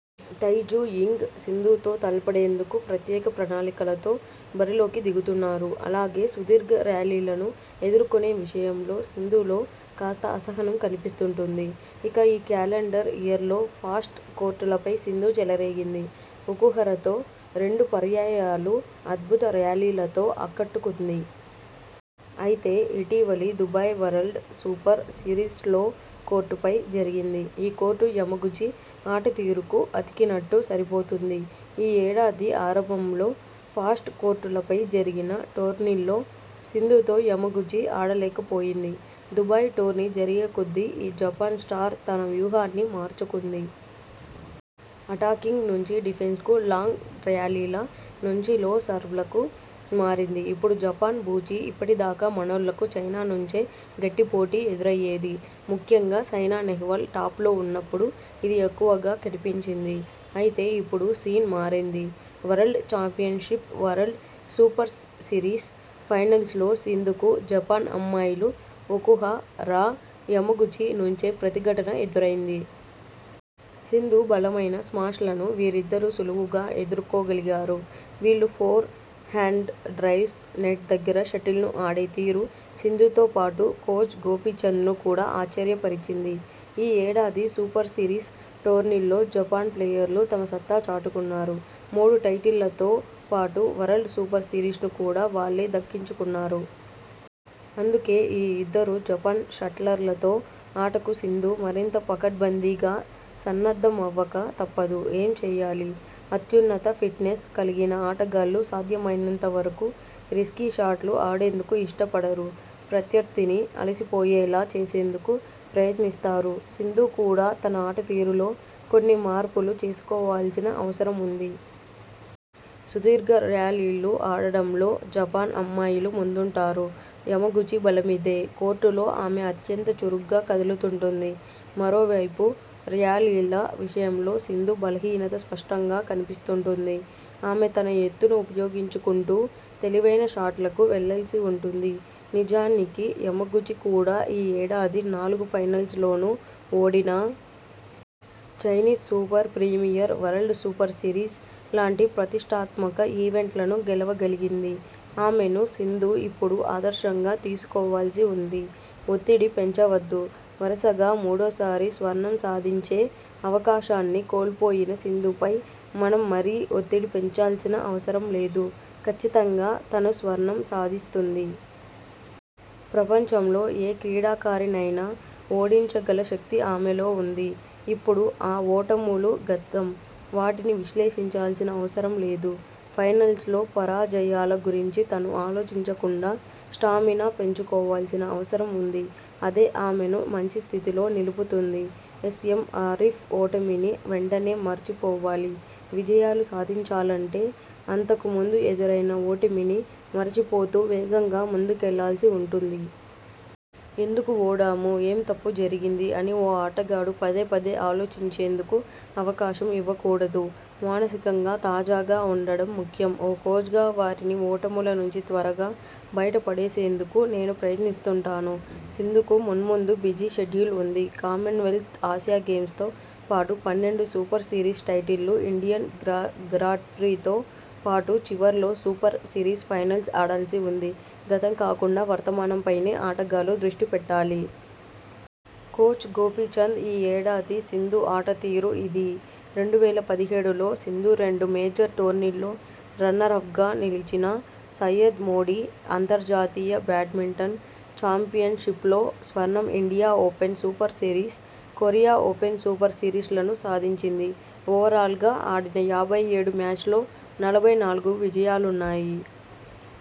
తై Tzu Ying.. సింధుతో తలపడేందుకు ప్రత్యేక ప్రణాళికలతో బరిలో కి దిగుతున్నారు. అలాగే సుదీర్ఘ ర్యాలీలను ఎదుర్కొనే విషయంలో సింధులో కాస్త అసహనం కనిపిస్తుంటుంది. ఇక ఈ క్యాలెండర్ ఇయర్లో ఫాస్ట్ కోర్టులపై సింధు చెలరేగింది. ఒకుహరతో రెండు పర్యాయాలు అద్భుత ర్యాలీలతో ఆకట్టుకుంది. అయితే ఇటీవలి Dubai world super series slow కోర్టుపై జరిగింది. ఈ కోర్టు యమగుచి ఆటతీరుకు అతికినట్టు సరిపోతుంది. ఈ ఏడాది ఆరంభంలో ఫాస్ట్ కోర్టులపై జరిగిన టోర్నీల్లో సింధుతో యమగుచి ఆడలేకపోయింది. దుబాయ్ టోర్నీ జరిగేకొద్దీ ఈ జపాన్ స్టార్ తన వ్యూహాన్ని మార్చుకుంది. అటాకింగ్ నుంచి డిఫెన్స్కు.. లాంగ్ ర్యాలీల నుంచి లో సర్వ్లకు మారింది. ఇప్పుడు జపాన్ బూచి ఇప్పటిదాకా మనోళ్లకు చైనా నుంచే గట్టిపోటీ ఎదురయ్యేది. ముఖ్యంగా సైనా నెహ్వాల్ టాప్లో ఉన్నప్పుడు ఇది ఎక్కువగా కనిపించింది. అయితే ఇప్పుడు సీన్ మారింది. World championship, world super series finals లో సింధుకు జపాన్ అమ్మాయిలు ఒకుహ రా, యమగుచి నుంచే ప్రతి ఘటన ఎదురైంది. సింధు బలమైన స్మాష్ల ను వీరిద్దరు సులువుగా ఎదుర్కో గలిగారు. వీళ్లు ఫోర్ హ్యాండ్ డ్రైవ్స్, నెట్ దగ్గర షటిల్ను ఆడేతీరు సింధుతో పాటు కోచ్ గోపీచంద్ను కూడా ఆశ్చర్యపరిచింది. ఈ ఏడాది సూపర్సిరీస్ టోర్నీల్లో జపాన్ ప్లేయర్లు తమ సత్తా చాటుకున్నారు. మూడు టైటిళ్లతో పాటు వరల్డ్ సూపర్ సిరీస్ను కూడా వాళ్లే దక్కించుకున్నారు. అందుకే ఈ ఇద్దరు జపాన్ షట్లర్లతో ఆటకు సింధు మరింత పకడ్బందీగా సన్నద్ధమవ్వక తప్పదు. ఏం చేయాలి? అత్యున్నత ఫిట్నెస్ కలిగిన ఆటగాళ్లు సాధ్యమైనంత వరకు రిస్కీ షాట్లు ఆడేందుకు ఇష్టపడరు. ప్రత్యర్థిని అలసిపోయేలా చేసేందుకు ప్రయత్నిస్తారు. సింధు కూడా తన ఆటతీరులో కొన్ని మార్పులు చేసుకోవాల్సిన అవసరముంది. సుదీర్ఘ ర్యాలీలు ఆడడంలో జపాన్ అమ్మాయిలు ముందుంటారు. యమగుచి బలమిదే.. కోర్టులో ఆమె అత్యంత చురుగ్గా కదులుతుంటుంది. మరోవైపు ర్యాలీల విషయంలో సింధు బలహీనత స్పష్టంగా కనిపిస్తుంటుంది. ఆమె తన ఎత్తును ఉపయోగించుకుంటూ తెలివైన షాట్లకు వెళ్లల్సి ఉంటుంది. నిజానికి యమగుచి కూడా ఈ ఏడాది నాలుగు ఫైనల్స్ లోనూ ఓడినా.. Chinese super premier, world super series లాంటి ప్రతిష్ఠాత్మక ఈవెంట్లను గెలవగలిగింది. ఆమెను సింధు ఇప్పుడు ఆదర్శంగా తీసుకోవాల్సి ఉంది. ఒత్తిడి పెంచవద్దు. వరుసగా మూడోసారి స్వర్ణం సాధించే అవకాశాన్ని కోల్పోయిన సింధుపై మనం మరీ ఒత్తిడి పెంచాల్సిన అవసరం లేదు. కచ్చితంగా తను స్వర్ణం సాధిస్తుంది. ప్రపంచంలో ఏ క్రీడాకారిణినైనా ఓడించగల శక్తి ఆమెలో ఉంది. ఇప్పుడు ఆ ఓటములు గతం. వాటిని విశ్లేషించాల్సిన అవసరం లేదు. ఫైనల్స్లో పరాజయాల గురించి తను ఆలోచించకుండా స్టామినా పెంచుకోవాల్సిన అవసరం ఉంది. అదే ఆమెను మంచి స్థితిలో నిలుపుతుంది. ఎస్ఎం ఆరిఫ్ ఓటమిని వెంటనే మర్చిపోవాలివిజయాలు సాధించాలంటే అంతకు ముందు ఎదురైన ఓటమిని మరిచిపోతూ వేగంగా ముందుకెళ్లాల్సి ఉంటుంది. ఎందుకు ఓడాము.. ఏం తప్పు జరిగింది? అని ఓ ఆటగాడు పదేపదే ఆలోచించేందుకు అవకాశం ఇవ్వకూడదు. మానసికంగా తాజాగా ఉండడం ముఖ్యం. ఓ కోచ్గా వారిని ఓటముల నుంచి త్వరగా బయటపడేసేందుకు నేను ప్రయత్నిస్తుంటాను. సింధుకు మున్ముందు బిజీ షెడ్యూల్ ఉంది. కామన్వెల్త్, ఆసియా గేమ్స్తో పాటు పన్నెండు సూపర్ సిరీస్ టైటిళ్లు, ఇండియన్ గ్ర గ్రాండ్ప్రీతో పాటు చివర్లో సూపర్ సిరీస్ ఫైనల్స్ ఆడాల్సి ఉంది గతం కాకుండా వర్తమానం పైనే ఆటగాళ్లు దృష్టి పెట్టాలి. కోచ్ గోపీచంద్ ఈ ఏడాది సింధు ఆటతీరు ఇదీ.. రెండు వేల పదిహేడులో సింధు రెండు మేజర్ టోర్నీల్లో రన్నరప్గా నిలిచినా సయ్యద్ మోడీ అంతర్జాతీయ బ్యాడ్మింటన్ చాంపియన్పిప్లో స్వర్ణం India open super series, Korea open super సిరీస్లను సాధించింది ఓవరాల్గా ఆడిన యాభై ఏడు మ్యాచ్ల్లో నలభై నాలుగు విజయాలున్నాయి.